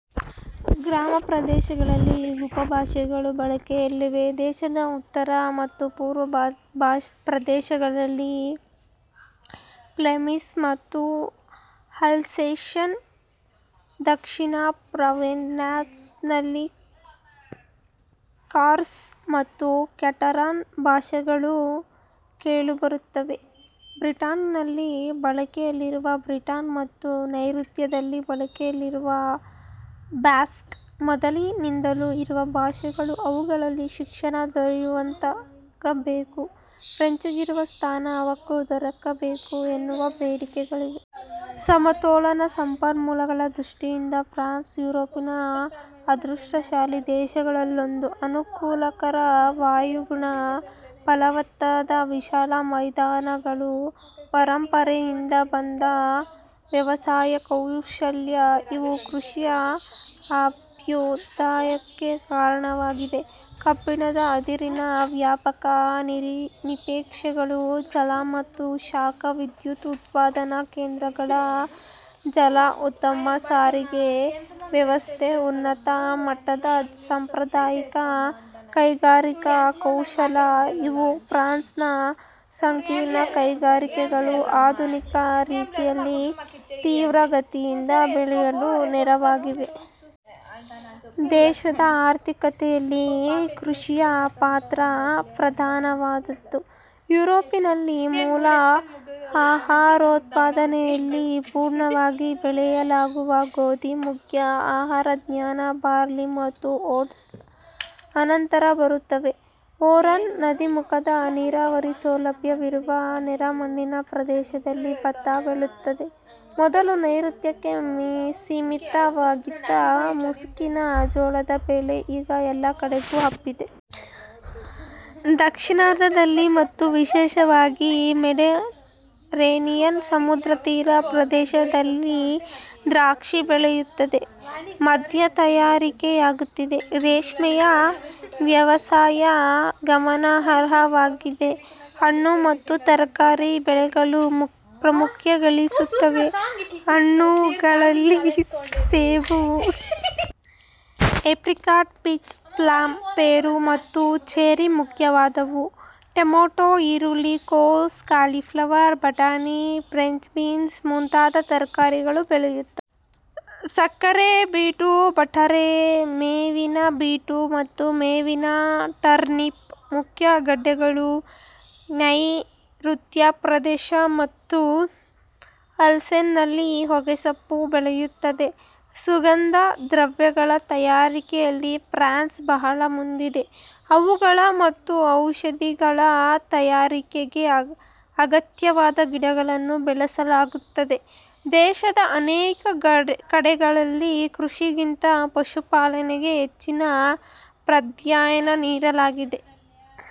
ಗ್ರಾಮ ಪ್ರದೇಶಗಳಲ್ಲಿ ಉಪಭಾಷೆಗಳು ಬಳಕೆಯಲ್ಲಿವೆ. ದೇಶದ ಉತ್ತರ ಮತ್ತು ಪೂರ್ವ ಪ್ರದೇಶಗಳಲ್ಲಿ ಫ್ಲೆಮಿಷ್ ಮತ್ತು ಅಲ್ಸೇಷನ್ ದಕ್ಷಿಣ ಪ್ರಾವೆನ್ನ್ನಲ್ಲಿ ಕಾರ್ಸ್ ಮತ್ತು ಕ್ಯಾಟರಾನ್ ಭಾಷೆಗಳು ಕೇಳುಬರುತ್ತವೆ. ಬ್ರಿಟನಿಯಲ್ಲಿ ಬಳಕೆಯಲ್ಲಿರುವ ಬ್ರಿಟನ್ ಮತ್ತು ನೈಋತ್ಯದಲ್ಲಿ ಬಳಕೆಯಲ್ಲಿರುವ ಬಾಸ್ಕ್ ಮೊದಲಿನಿಂದಲೂ ಇರುವ ಭಾಷೆಗಳು. ಅವುಗಳಲ್ಲಿ ಶಿಕ್ಷಣ ದೊರೆಯುವಂತಾಗಬೇಕು, ಫ್ರೆಂಚಿಗಿರುವ ಸ್ಥಾನ ಅವಕ್ಕೂ ದೊರಕಬೇಕು ಎನ್ನುವ ಬೇಡಿಕೆಗಳಿವೆ. ಸಮತೋಲ ಸಂಪನ್ಮೂಲಗಳ ದೃಷ್ಟಿಯಿಂದ ಫ್ರಾನ್ಸ್ ಯುರೋಪಿನ ಅದೃಷ್ಟ ಶಾಲಿ ದೇಶಗಳಲ್ಲೊಂದು. ಅನಕೂಲಕರ ವಾಯುಗುಣ, ಫಲವತ್ತಾದ ವಿಶಾಲ ಮೈದಾನಗಳು, ಪರಂಪರೆಯಿಂದ ಬಂದ ವ್ಯವಸಾಯ ಕೌಶಲ್ಯ ಇವು ಕೃಷಿಯ ಅಭ್ಯುದಯಕ್ಕೆ ಕಾರಣವಾಗಿವೆ. ಕಬ್ಬಿಣದ ಅದುರಿನ ವ್ಯಾಪಕ ನಿಕ್ಷೇಪಗಳು, ಜಲ ಮತ್ತು ಶಾಖ ವಿದ್ಯುತ್ ಉತ್ಪಾದನ ಕೇಂದ್ರಗಳ ಜಾಲ, ಉತ್ತಮ ಸಾರಿಗೆ ವ್ಯವಸ್ಥೆ, ಉನ್ನತ ಮಟ್ಟದ ಸಾಂಪ್ರದಾಯಿಕ ಕೈಗಾರಿಕಾ ಕೌಶಲ ಇವು ಫ್ರಾನ್ಸಿನ ಸಂಕೀರ್ಣ ಕೈಗಾರಿಕೆಗಳು ಆಧುನಿಕ ರೀತಿಯಲ್ಲಿ ತೀವ್ರಗತಿಯಿಂದ ಬೆಳೆಯಲು ನೆರವಾಗಿವೆ. ದೇಶದ ಆರ್ಥಿಕತೆಯಲ್ಲಿ ಕೃಷಿಯ ಪಾತ್ರ ಪ್ರಧಾನವಾದ್ದು. ಯುರೋಪಿನಲ್ಲಿ ಮೂಲ ಆಹಾರೋತ್ಪಾದನೆಯಲ್ಲಿ ಪೂರ್ಣವಾಗಿ ಬೆಳೆಯಲಾಗುವ ಗೋಧಿ ಮುಖ್ಯ ಆಹಾರಧಾನ್ಯ, ಬಾರ್ಲಿ ಮತ್ತು ಓಟ್ಸ್ ಅನಂತರ ಬರುತ್ತವೆ. ರೋನ್ ನದೀಮುಖದ, ನೀರಾವರಿ ಸೌಲಭ್ಯವಿರುವ, ನೆರೆಮಣ್ಣಿನ ಪ್ರದೇಶದಲ್ಲಿ ಭತ್ತ ಬೆಳೆಯುತ್ತದೆ. ಮೊದಲು ನೈಋತ್ಯಕ್ಕೆ ಸೀಮಿತವಾಗಿದ್ದ ಮುಸುಕಿನ ಜೋಳದ ಬೆಳೆ ಈಗ ಎಲ್ಲ ಕಡೆಗೂ ಹಬ್ಬಿದೆ. ದಕ್ಷಿಣಾರ್ಧದಲ್ಲಿ ಮತ್ತು ವಿಶೇಷವಾಗಿ ಮೆಡೆಟರೇನಿಯನ್ ಸಮುದ್ರತೀರದ ಪ್ರದೇಶಗಳಲ್ಲಿ ದ್ರಾಕ್ಷಿ ಬೆಳೆಯುತ್ತದೆ. ಮದ್ಯ ತಯಾರಿಕೆಯಾಗುತ್ತಿದೆ. ರೇಷ್ಮೆಯ ವ್ಯವಸಾಯ ಗಮನಾರ್ಹವಾಗಿದೆ, ಹಣ್ಣು ಮತ್ತು ತರಕಾರಿ ಬೆಳೆಗಳು ಪ್ರಾಮುಖ್ಯಗಳಿಸುತ್ತಿವೆ. ಹಣ್ಣುಗಳಲ್ಲಿ ಸೇಬು, ಏಪ್ರಿಕಾಟ್, ಪೀಚ್, ಪ್ಲಮ್, ಪೇರು ಮತ್ತು ಚೆರಿ ಮುಖ್ಯವಾದವು. ಟೊಮೇಟೊ, ಈರುಳ್ಳಿ, ಕೋಸು, ಕಾಲಿಫ್ಲವರ್, ಬಟಾಣಿ, ಫ್ರೆಂಚ್ ಬೀನ್ಸ್ ಮುಂತಾದ ತರಕಾರಿಗಳು ಬೆಳೆಯುತ್ತವೆ. ಸಕ್ಕರೆಬೀಟು, ಬಟಾಟೆ, ಮೇವಿನಬೀಟು ಮತ್ತು ಮೇವಿನ ಟರ್ನಿಪ್ ಮುಖ್ಯ ಗಡ್ಡೆಗಳು. ನ್ಯೆಋತ್ಯ ಪ್ರದೇಶ ಮತ್ತು ಅಲ್ಸೇಸ್ನಲ್ಲಿ ಹೊಗೆಸೊಪ್ಪು ಬೆಳೆಯುತ್ತದೆ. ಸುಗಂಧ ದ್ರವ್ಯಗಳ ತಯಾರಿಕೆಯಲ್ಲಿ ಫ್ರಾನ್ಸ್ ಬಹಳ ಮುಂದಿದೆ. ಅವುಗಳ ಮತ್ತು ಔಷಧಿಗಳ ತಯಾರಿಕೆಗೆ ಅಗತ್ಯವಾದ ಗಿಡಗಳನ್ನು ಬೆಳೆಸಲಾಗುತ್ತದೆ. ದೇಶದ ಅನೇಕ ಕಡೆಗಳಲ್ಲಿ ಕೃಷಿಗಿಂತ ಪಶುಪಾಲನೆಗೆ ಹೆಚ್ಚಿನ ಪ್ರಾಧಾನ್ಯ ನೀಡಲಾಗಿದೆ.